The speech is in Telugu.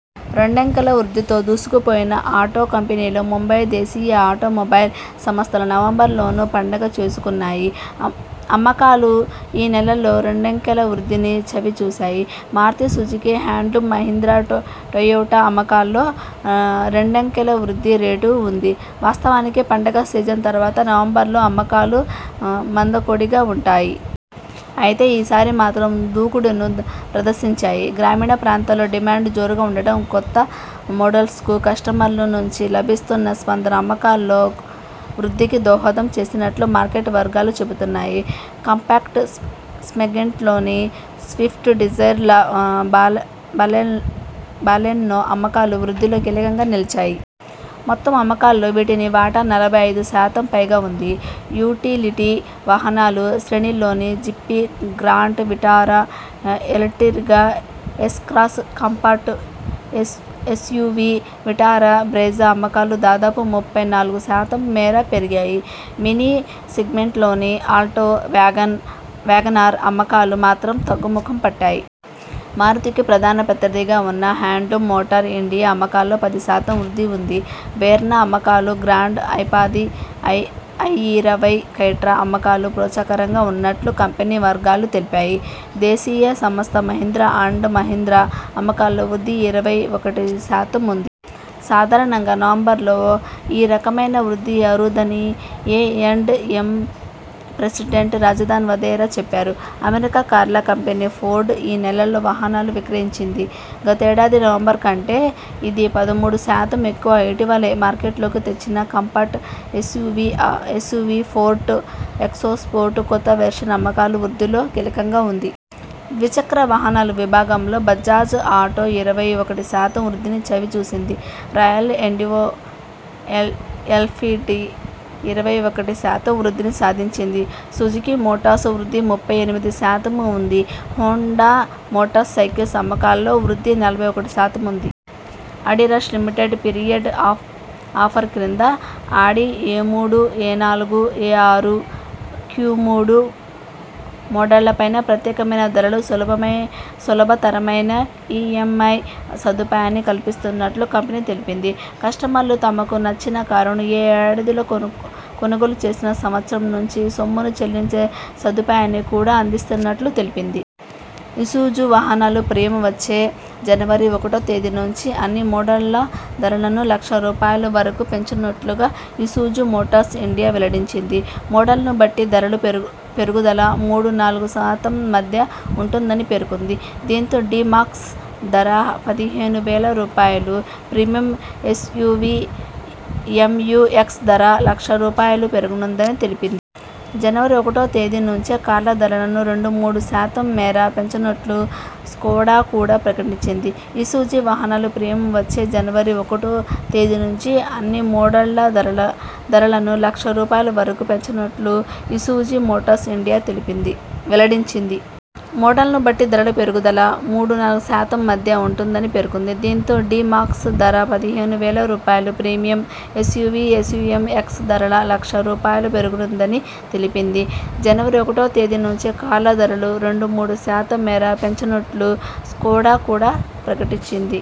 రెండంకెల వృద్ధితో దూసుకుపోయిన ఆటో కంపెనీలు ముంబై దేశీయ ఆటో మొబైల్ సంస్థలు నవంబరు లోనూ పండగ చేసుకున్నాయి. అమ్మకాలు ఈ నెలలో రెండంకెల వృద్ధిని చవి చూశాయి. Maruti Suzuki, Hyundai, Mahindra, Toyota అమ్మకాల్లో రెండంకెల వృద్ధి రేటు ఉంది. వాస్తవానికి పండగ సీజన్ తర్వాత నవంబరులో అమ్మకాలు మందకొడిగా ఉంటాయి. అయితే ఈ సారి మాత్రం దూకుడును ప్రదర్శించాయి. గ్రామీణ ప్రాంతాల్లో డిమాండ్ జోరుగా ఉండటం, కొత్త మోడల్స్కు కస్టమర్ల నుంచి లభిస్తున్న స్పందన అమ్మకాల్లో వృద్ధికి దోహదం చేసినట్టు మార్కెట్ వర్గాలు చెబుతున్నాయి. కాంపాక్ట్ సెగ్మెంట్లోని స్విఫ్ట్, డిజైర్, బాలెనో అమ్మకాల వృద్ధిలో కీలకంగా నిలిచాయి. మొత్తం అమ్మకాల్లో వీటి వాటా నలభై ఐదు శాతం పైగా ఉంది. యుటిలిటీ వాహనాల శ్రేణిలోని Gypsy, Grand Vitara, Ertiga, S Cross, compact SUV Vitara Brezza అమ్మకాలు దాదాపు ముప్పై నాలుగు శాతం మేర పెరిగాయి. మినీ సెగ్మెంట్లోని ఆల్టో, వ్యాగన్ ఆర్ అమ్మకాలు మాత్రం తగ్గుముఖం పట్టాయి. మారుతికి ప్రధాన ప్రత్యర్థిగా ఉన్న హ్యుండయ్ మోటార్ ఇండియా అమ్మకాల్లో పది శాతం వృద్ధి ఉంది. వెర్నా అమ్మకాలు, గ్రాండ్ ఐపది, ఐఇరవై, క్రెటా అమ్మకాలు ప్రోత్సాహకరంగా ఉన్నట్టు కంపెనీ వర్గాలు తెలిపాయి. దేశీయ సంస్థ మహీంద్రా అండ్ మహీంద్రా అమ్మకాల్లో వృద్ధి ఇరవై ఒకటి శాతం ఉంది. సాధారణంగా నవంబరులో ఈ రకమైన వృద్ధి అరుదని M and M president Rajan Wadhera చెప్పారు. అమెరికా కార్ల కంపెనీ ఫోర్డ్ ఈ నెలలో వాహనాలను విక్రయించింది. గతేడాది నవంబరు కంటే ఇది పదమూడు శాతం ఎక్కువ. ఇటీవలే మార్కెట్లోకి తెచ్చిన కాంపాక్ట్ ఎస్యువి ఫోర్డ్ ఎకోస్పోర్ట్ కొత్త వెర్షన్ అమ్మకాల వృద్ధిలో కీలకంగా ఉంది. ద్విచక్ర వాహనాల విభాగంలో బజాజ్ ఆటో ఇరవై ఒకటి శాతం, వృద్ధిని చవి చూసింది. రాయల్ ఎన్ఫీల్డ్ ఇరవై ఒకటి శాతం వృద్ధిని సాధించింది. సుజుకీ మోటార్స్ వృద్ధి ముప్పై ఎనిమిది శాతం ఉంది. హోండా మోటార్ సైకిల్స్ అమ్మకాల్లో వృద్ధి నలభై ఒకటి శాతం ఉంది. ఆడిరష్ లిమిటెడ్ పీరియడ్ ఆఫర్ కింద ఆడి ఎమూడు, ఎనాలుగు, ఎఆరు, క్యుమూడు మోడళ్లపై ప్రత్యేకమైన ధరలు, సులభ తరమైన ఈ‌ఎం‌ఐ సదుపాయాన్ని కల్పిస్తున్నట్టు కంపెనీ తెలిపింది. కస్టమర్లు తమకు నచ్చిన కారును ఈ ఏడాదిలో కొనుగోలు చేసి సంవత్సరం నుంచి సొమ్మును చెల్లించే సదుపాయాన్ని కూడా అందిస్తున్నట్టు తెలిపింది. ఇసుజు వాహనాలు ప్రియం వచ్చే జనవరి ఒకటో తేదీ నుంచి అన్ని మోడళ్ల ధరలను లక్ష రూపాయల వరకు పెంచనున్నట్టు ఇసుజు మోటార్స్ ఇండియా వెల్లడించింది. మోడల్ను బట్టి ధరల పెరుగుదల మూడు నాలుగు శాతం మధ్య ఉంటుందని పేర్కొంది. దీంతో డి మాక్స్ ధర పదిహేను వేల రూపాయలు, ప్రీమియం ఎస్యువి ఎంయు ఎక్స్ ధర లక్ష రూపాయలు పెరగనుందని తెలిపింది. జనవరి ఒకటో తేదీ నుంచి కార్ల ధరలను రెండు మూడు శాతం మేర పెంచనున్నట్టు స్కోడా కూడా ప్రకటించింది. ఇసుజు వాహనాలు ప్రియం వచ్చే జనవరి ఒకటో తేదీ నుంచి అన్ని మోడళ్ల ధరలను లక్ష రూపాయల వరకు పెంచనున్నట్టు ఇసుజు మోటార్స్ ఇండియా వెల్లడించింది. మోడల్ ను బట్టి ధరల పెరుగుదల మూడు నాలుగు శాతం మధ్య ఉంటుందని పేర్కొంది. దీంతో డి మాక్స్ ధర పదిహేను వేల రూపాయలు, ప్రీమియం ఎస్యువి ఎంయు ఎక్స్ ధర లక్ష రూపాయలు పెరగనుందని తెలిపింది. జనవరి ఒకటో తేదీ నుంచి కార్ల ధరలను రెండు మూడు శాతం మేర పెంచనున్నట్టు స్కోడా కూడా ప్రకటించింది.